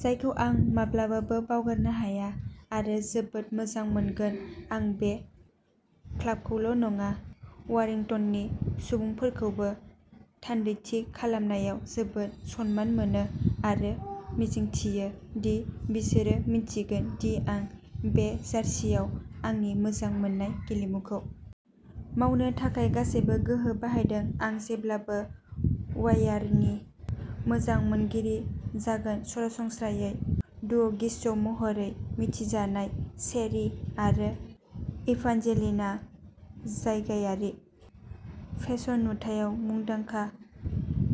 जायखौ आं माब्लाबाबो बावगारनो हाया आरो जोबोद मोजां मोनगोन आं बे क्लाबखौल' नङा वारिंटननि सुबुंफोरखौबो थान्दैथि खालामनायाव जोबोद सनमान मोनो आरो मिजिंथियो दि बिसोरो मिन्थिगोन दि आं बे जार्सीआव आंनि मोजां मोननाय गेलेमुखौ मावनो थाखाय गासै गोहो बाहायदों आं जेब्लाबो वायारनि मोजां मोनगिरि जागोन सरासनस्रायै डुव'गिग्स महरै मिथिजानाय चेरी आरो इभानजेलिनआ जायगायारि फेसन नुथायाव मुंदांखा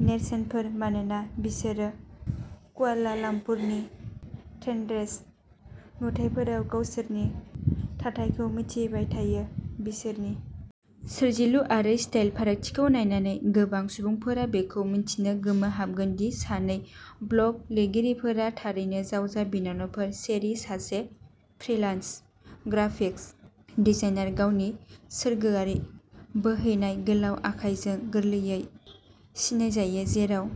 नेरसोनफोर मानोना बिसोरो कुआलालाम्पुरनि ट्रेन्डेस्ट नुथायफोराव गावसोरनि थाथायखौ मिथिहोबाय थायो बिसोरनि सोरजिलु आरो स्टाइल फारागथिखौ नायनानै गोबां सुबुंफोरा बेखौ मिथिनो गोमोहाबगोन दि सानै ब्लग लिरगिरिफोरा थारैनो जावजा बिनानावफोर चेरी सासे फ्रीलान्स ग्राफिक्स डिजाइनार गावनि सोरगोआरि बोहैनाय गोलाव खानाइजों गोरलैयै सिनायजायो जेराव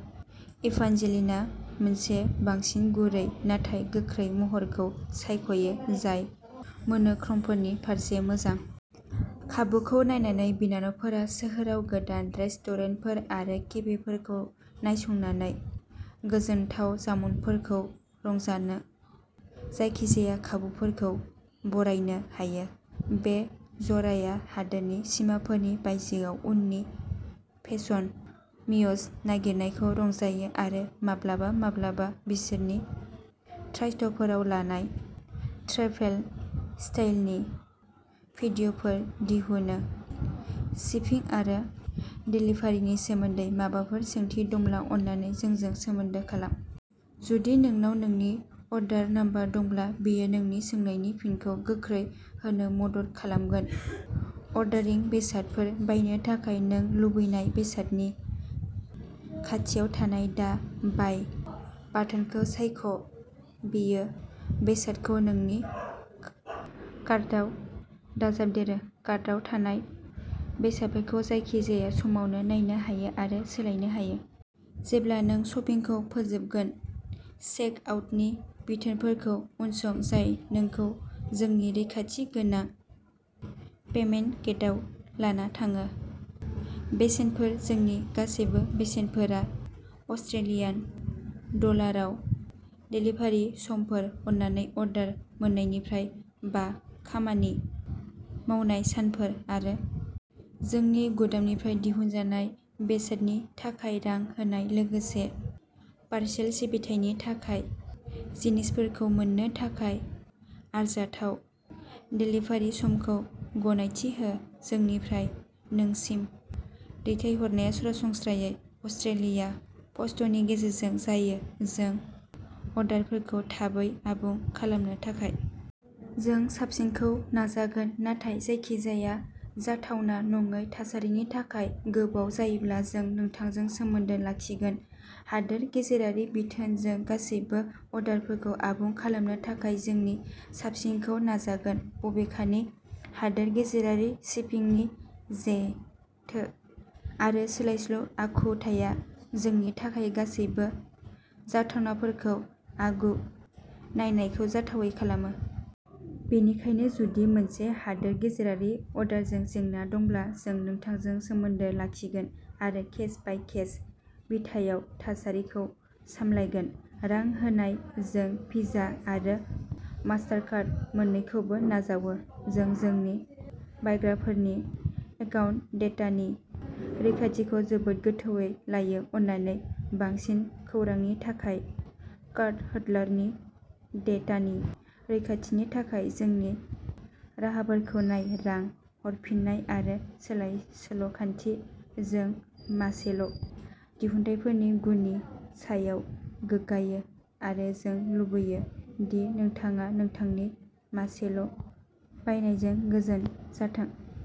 इभानजेलिनआ मोनसे बांसिन गुरै नाथाय गोख्रों महरखौ सायख'यो जाय मोन'क्र'मफोरनि फारसे मोजां। खाबुखौ नायनानै बिनानावफोरा सोहोराव गोदान रेस्टुरेन्टफोर आरो केफेफोरखौ नायसंनानै गोजोनथाव जामुंफोरखौ रंजानो जायखिजाया खाबुफोरखौ बरायनो हायो। बे जराया हादोरनि सिमाफोरनि बायजोआव उननि फेसन म्युज नागिरनायखौ रंजायो आरो माब्लाबा-माब्लाबा बिसोरनि ट्राइस्टफोराव लानाय ट्रेभेल स्टाइलनि भिडिय'फोर दिहुनो शिपिं आरो देलिभारिनि सोमोन्दै माबाफोर सोंथि दंब्ला अन्नानै जोंजों सोमोन्दो खालाम। जुदि नोंनाव नोंनि अर्डार नम्बर दंब्ला बेयो नोंनि सोंनायनि फिनखौ गोख्रै होनो मदद खालामगोन अर्डारिं बेसादफोर बायनो थाखाय नों लुबैनाय बेसादनि खाथियाव थानाय दा बाय बाटोनखौ सायख' बेयो बेसादखौ नोंनि कार्टआव दाजाबदेरो कार्टआव थानाय बेसादफोरखौ जायखिजाया समावनो नायनो हायो आरो सोलायनो हायो। जेब्ला नों शपिंखौ फोजोबगोन चेक आउटनि बिथोनफोरखौ उनसं जाय नोंखौ जोंनि रैखाथि गोनां पेमेन्ट गेटवेआव लाना थाङो। बेसेनफोर जोंनि गासैबो बेसेनफोरा अस्ट्रेलियान डलाराव देलिभारि समफोर अन्नानै अर्डार मोन्नायनिफ्राय बा खामानि मावनाय सानफोर आरो जोंनि गुदामनिफ्राय दिहुनजानाय बेसादनि थाखाय रां होनाय लोगोसे पारसेल सिबिथायनि थाखाय जिनिसफोरखौ मोन्नो थाखाय आरजाथाव देलिभारि समखौ गनायथि हो जोंनिफ्राय नोंसिम दैथायहरनाया सरासनस्रायै अस्ट्रेलिया पस्टनि गेजेरजों जायो जों अर्डारफोरखौ थाबै आबुं खालामनो थाखाय जोंनि साबसिनखौ नाजागोन नाथाय जायखिजाया जाथावना नङै थासारिनि थाखाय गोबाव जायोब्ला जों नोंथांजों सोमोन्दो लाखिगोन हादोर गेजेरारि बिथोन जों गासिबो अर्डारफोरखौ आबुं खालामनो थाखाय जोंनि साबसिनखौ नाजागोन बबेखानि हादोर गेजेरारि शिपिंनि जेथो आरो सोलायस्लु आखुथाया जोंनि थाखाय गासैबो जाथावनाफोरखौ आगु नायनायखौ जाथावै खालामो। बेनिखायनो जुदि मोनसे हादोर गेजेरारि अर्डारजों जेंना दंब्ला जों नोंथांजों सोमोन्दो लाखिगोन आरो केस बाय केस बिथायाव थासारिखौ सामलायगोन। रां होनाय जों भिजा आरो मास्टारकार्ड मोन्नैखौबो नाजावो। जों जोंनि बायग्राफोरनि एकाउन्ट डेटानि रैखाथिखौ जोबोद गोथौवै लायो अन्नानै बांसिन खौरांनि थाखाय कार्डहोल्डारनि डेटानि रैखाथिनि थाखाय जोंनि राहाफोरखौ नाय रां हरफिननाय आरो सोलाय सोल'खान्थि जों मासेल दिहुनथायफोरनि गुननि सायाव गोग्गायो आरो जों लुबैयो दि नोंथाङा नोंथांनि मासेल बायनायजों गोजोन जाथों।